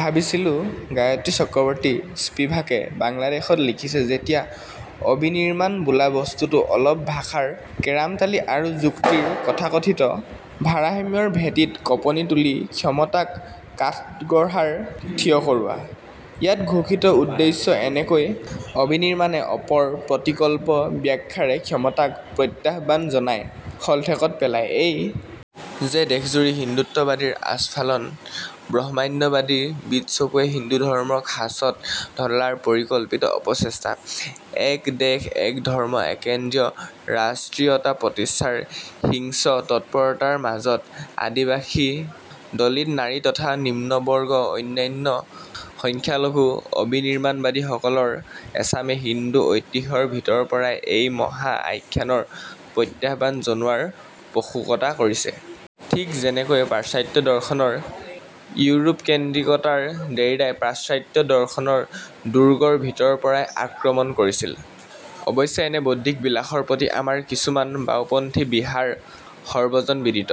ভাবিছিলোঁ গায়ত্ৰী চক্ৰবৰ্তী স্পিভাকে বাংলাদেশত লিখিছে যেতিয়া অবিনিৰ্মাণ বোলা বস্তুটো অলপ ভাষাৰ কেৰামতালি আৰু যুক্তিৰ তথাকথিত ভাৰসাম্যৰ ভেটিত কঁপনি তুলি ক্ষমতাক কাঠগঢ়াৰ থিয় কৰোৱা। ইয়াৰ ঘোষিত উদ্দেশ্য এনেকৈয়ে অবিনিৰ্মাণে অপৰ প্ৰতিকল্প ব্যাখ্যাৰে ক্ষমতাক প্ৰত্যাহ্বান জনায় শ'লঠেকত পেলায়। এই যে দেশজুৰি হিন্দুত্ববাদীৰ আস্ফালন, ব্ৰহ্মণ্যবাদী বিতচকুৰে হিন্দুধৰ্মক সাঁচত ঢলাৰ পৰিকল্পিত অপচেষ্টা, এক দেশ‌ এক ধৰ্ম‌ এককেন্দ্ৰিয় ৰাষ্ট্ৰীয়তা প্ৰতিষ্ঠাৰ হিংস্ৰ তৎপৰততাৰ মাজত আদিবাসী দলিত নাৰী তথা নিম্নবৰ্গ অন্যান্য সংখ্যালঘুৰ অবিনিৰ্মাণবাদীসকলৰ এচামে হিন্দু ঐতিহ্যৰ ভিতৰৰপৰাই এই মহা আখ্যানক প্ৰত্যাহ্বান জনোৱাৰ পষুকতা কৰিছে। ঠিক যেনেকৈ পাশ্চাত্য দৰ্শনৰ ইউৰোপকেন্দ্ৰিকতাৰ দেৰিডাই পাশ্চাত্য দৰ্শনৰ দুৰ্গৰ ভিতৰৰপৰাই আক্ৰমণ কৰিছিল। অৱশ্যে এনে বৌদ্ধিক বিলাসৰ প্ৰতি আমাৰ কিছুমান বাওঁপন্থীৰ বিহাৰ সৰ্বজনবিদিত।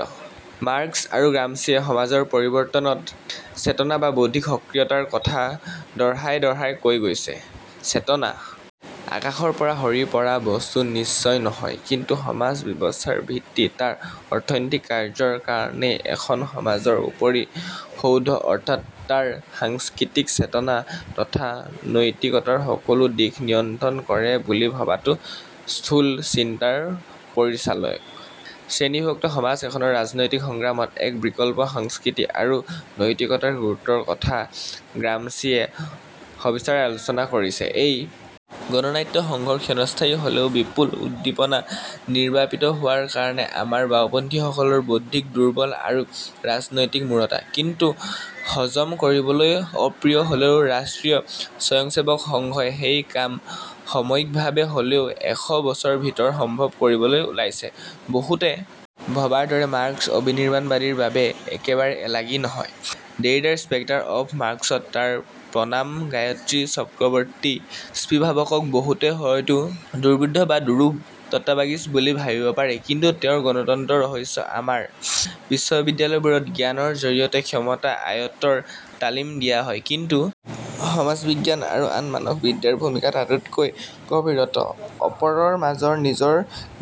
মাৰ্ক্স আৰু গ্ৰামছিয়ে সমাজৰ পৰিবৰ্তনত চেতনা বা বৌদ্ধিক সক্ৰিয়তাৰ কথা দঢ়াই দঢ়াই কৈ গৈছে। চেতনা আকাশৰপৰা সৰি পৰা বস্তু নিশ্চয় নহয়। কিন্তু সমাজ ব্যৱস্থাৰ ভিত্তি তাৰ অৰ্থনৈতিক কাৰ্য কাৰণেই এখন সমাজৰ উপৰি সৌধ অৰ্থাৎ তাৰ সাংস্কৃতিক চেতনা তথা নৈতিকতাৰ সকলো দিশ নিয়ন্ত্ৰণ কৰে বুলি ভবাটো স্থূল চিন্তাৰ পৰিচালয়ক। শ্ৰেণীবিভক্ত সমাজ এখনত ৰাজনৈতিক সংগ্ৰামত এক বিকল্প সংস্কৃতি আৰু নৈতিকতাৰ গুৰুত্বৰ কথা গ্ৰামছিয়ে সবিস্তাৰে আলোচনা কৰিছে। এই গণনাট্য সংঘৰ ক্ষণস্থায়ী হ'লেও বিপুল উদ্দীপনা নিৰ্বাপিত হোৱাৰ কাৰনে আমাৰ বাওঁপন্থীসকলৰ বৌদ্ধিক দুৰ্বল আৰু ৰাজনৈতিক মূঢ়তা। কিন্তু হজম কৰিবলৈ অপ্ৰিয় হ'লেও ৰাষ্ট্ৰীয় স্বয়ংসেৱক সংঘই সেই কাম সময়িকভাবে হ'লেও এশ বছৰৰ ভিতৰত সম্ভৱ কৰিবলৈ ওলাইছে। বহুতে ভবাৰদৰে মাৰ্ক্স অবিনিৰ্মাণবাদীৰ বাবে একেবাৰে এলাগী নহয়। দেৰিডাৰ স্পেক্টাৰ অব মাৰ্ক্সত তাৰ প্ৰনাম গায়ত্ৰী চক্ৰবৰ্তী স্পিভাকক বহুতে হয়তো দুৰ্বোধ্য বা দুৰূহ তত্ত্ববাগীশ বুলি ভাবিব পাৰে, কিন্তু তেওঁৰ গণতন্ত্ৰৰ ৰহস্য আমাৰ বিশ্ববিদ্যালয়বোৰত জ্ঞানৰ জৰিয়তে ক্ষমতা আয়ত্তৰ তালিম দিয়া হয়। কিন্তু সমাজবিজ্ঞান আৰু আন মানবীবিদ্যাৰ ভূমিকা তাতকৈয়ো গভীৰতৰ। অপৰৰ মাজত নিজক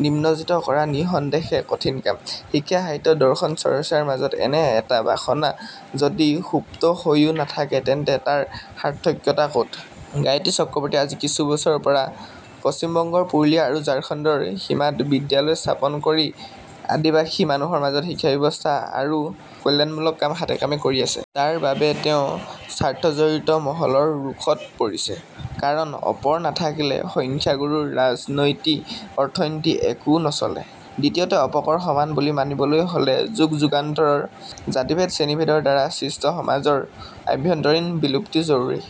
নিমজ্জিত কৰা নিঃসন্দেহে কঠিন কাম। শিক্ষা, সাহিত্য, দৰ্শন চৰ্চাৰ মাজত এনে এটা বাসনা যদি সুপ্ত হৈয়ো নাথাকে তেন্তে তাৰ সাৰ্থকতা ক'ত? গায়ত্ৰী চক্ৰবৰ্তীয়ে আজি কিছু বছৰৰপৰা পশ্চিমবংগৰ পুৰুলিয়া আৰু ঝাৰখণ্ডৰ সীমাত বিদ্যালয় স্থাপন কৰি আদিবাসী মানুহৰ মাজত শিক্ষাবিবছঠা আৰু কল্যাণমূলক কাম হাতেকামে কৰি আছে। তাৰ বাবে তেওঁ স্বাৰ্থজড়িত মহলৰ ৰোষত পৰিছে, কাৰণ অপৰ নাথাকিলে সংখ্যাগুৰুৰ ৰাজনৈতি, অৰ্থনীতি একো নচলে। দ্বিতীয়তে অপকৰ সমান বুলি মানিবলৈ হলে যুগযুগান্তৰৰ জাতিভেদ, শ্ৰেণীভেদৰ দ্বাৰা সৃষ্ট সমাজৰ আভ্যন্তৰীণ বিলুপ্তি জৰুৰী।